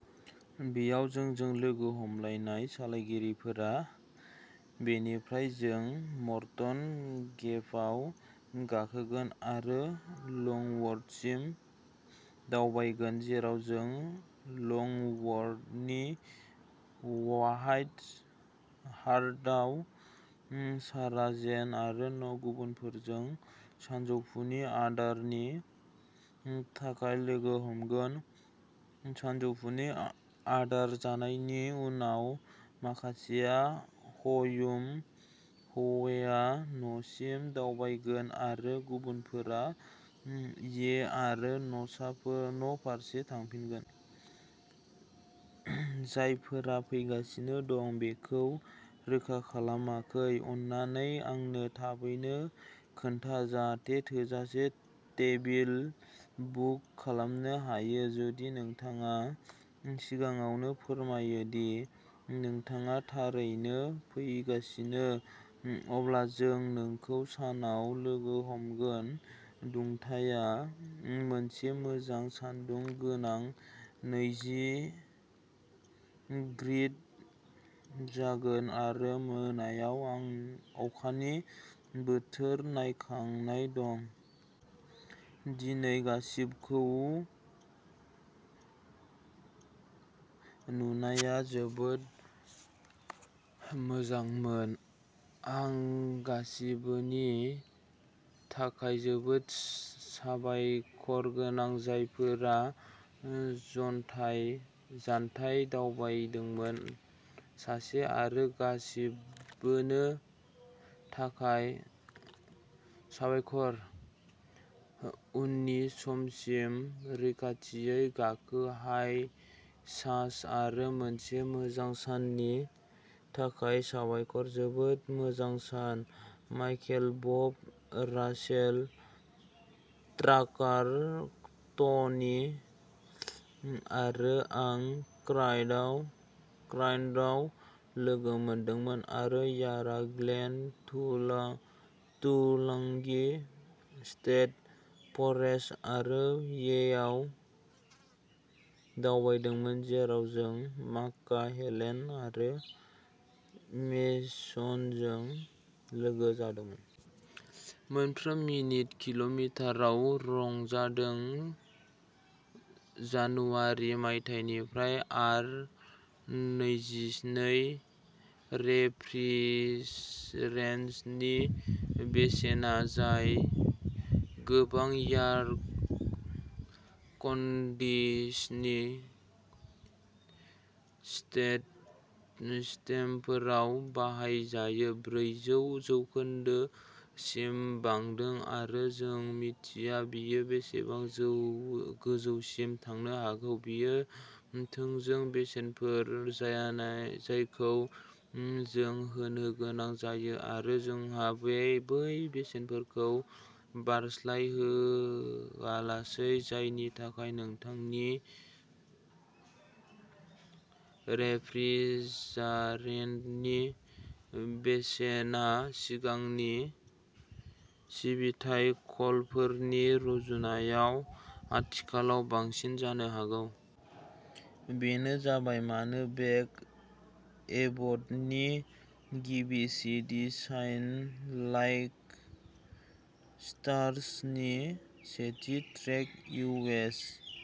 येयाव जोंजों लोगो हमलायनाय सालायगिरिफोर। बेनिफ्राय जों मर्टन गेपआव गाखोगोन आरो लंवुडसिम दावबायगोन जेराव जों लंवुडनि व्हाइट हार्टआव सारा-जेन आरो गुबुनफोरजों सानजौफुनि आदारनि थाखाय लोगो हमगोन। सानजौफुनि आ-आदार जानायनि उनाव माखासेया हयुम ह'वेआव न'सिम दावबायगोन आरो गुबुनफोरा ये आरो न'फारसे थांफिनगोन। जायफोरा फैगासिनो दं बेखौ रोखा खालामाखै, अननानै आंनो थाबैनो खोन्था जाहाथे थोजासे टेबोल बुक खालामनो हायो। जुदि नोंथाङा सिगाङावनो फोरमायो दि नोंथाङा थारैनो फैगासिनो, अब्ला जों नोंखौ सानाव लोगो हमगोन। दुंथाया मोनसे मोजां सान्दुं गोनां नैजि डिग्री जागोन आरो मोनायाव अखानि बोथोर नायखांनाय दं। दिनै गासिबोखौ नुनाया जोबोद मोजांमोन आं गासिबोनि थाखाय जोबोद साबायखरगोनां, जायफोरा जनथाय जानथाय दावबायदोंमोन। सासे आरो गासिबोनो थाखाय साबायखर। उननि समसिम-रैखाथियै गाखो हाय सास आरो मोनसे मोजां साननि थाखाय साबायखर। जोबोद मोजां सान। माइकेल, बब, रासेल, ट्राकार, टनि आरो आं क्रायदाव क्रायडनआव लोगो मोनदोंमोन आरो यारा ग्लेन, टुलांगि स्टेट फरेस्ट आरो येयाव दावबायदोंमोन जेराव जों मक्का, हेलेन आरो मेसनजों लोगो जादोंमोन। मोनफ्रोम मिनिट किल'मिटाराव रंजादों। जानुवारि मायथाइनिफ्राय आर नैजिनै रेफ्रिरेन्टनि बेसेना, जाय गोबां एयार कन्दिसनिं सिटेट सिस्टेमफोराव बाहायजायो, ब्रैजौ जौखोनदो सिम बांदों आरो जों मिथिया बेयो बेसेबां जौ गोजौसिम थांनो हागौ। बेयो थोंजों बेसेनफोर जायखौ जों होनो गोनां जायो आरो जोंहा बै बेसेनफोरखौ बारस्लायहोआलासै, जायनि थाखाय नोंथांनि रेफ्रिजारेन्टनि बेसेना सिगांनि सिबिथाइ कलफोरनि रुजुनायाव आथिखालाव बांसिन जानो हागौ। बेनो जाबाय मानो बेक एबटनि गिबि सिडि शाइन लाइक स्टार्स नि सेथि ट्रेक इउ एस।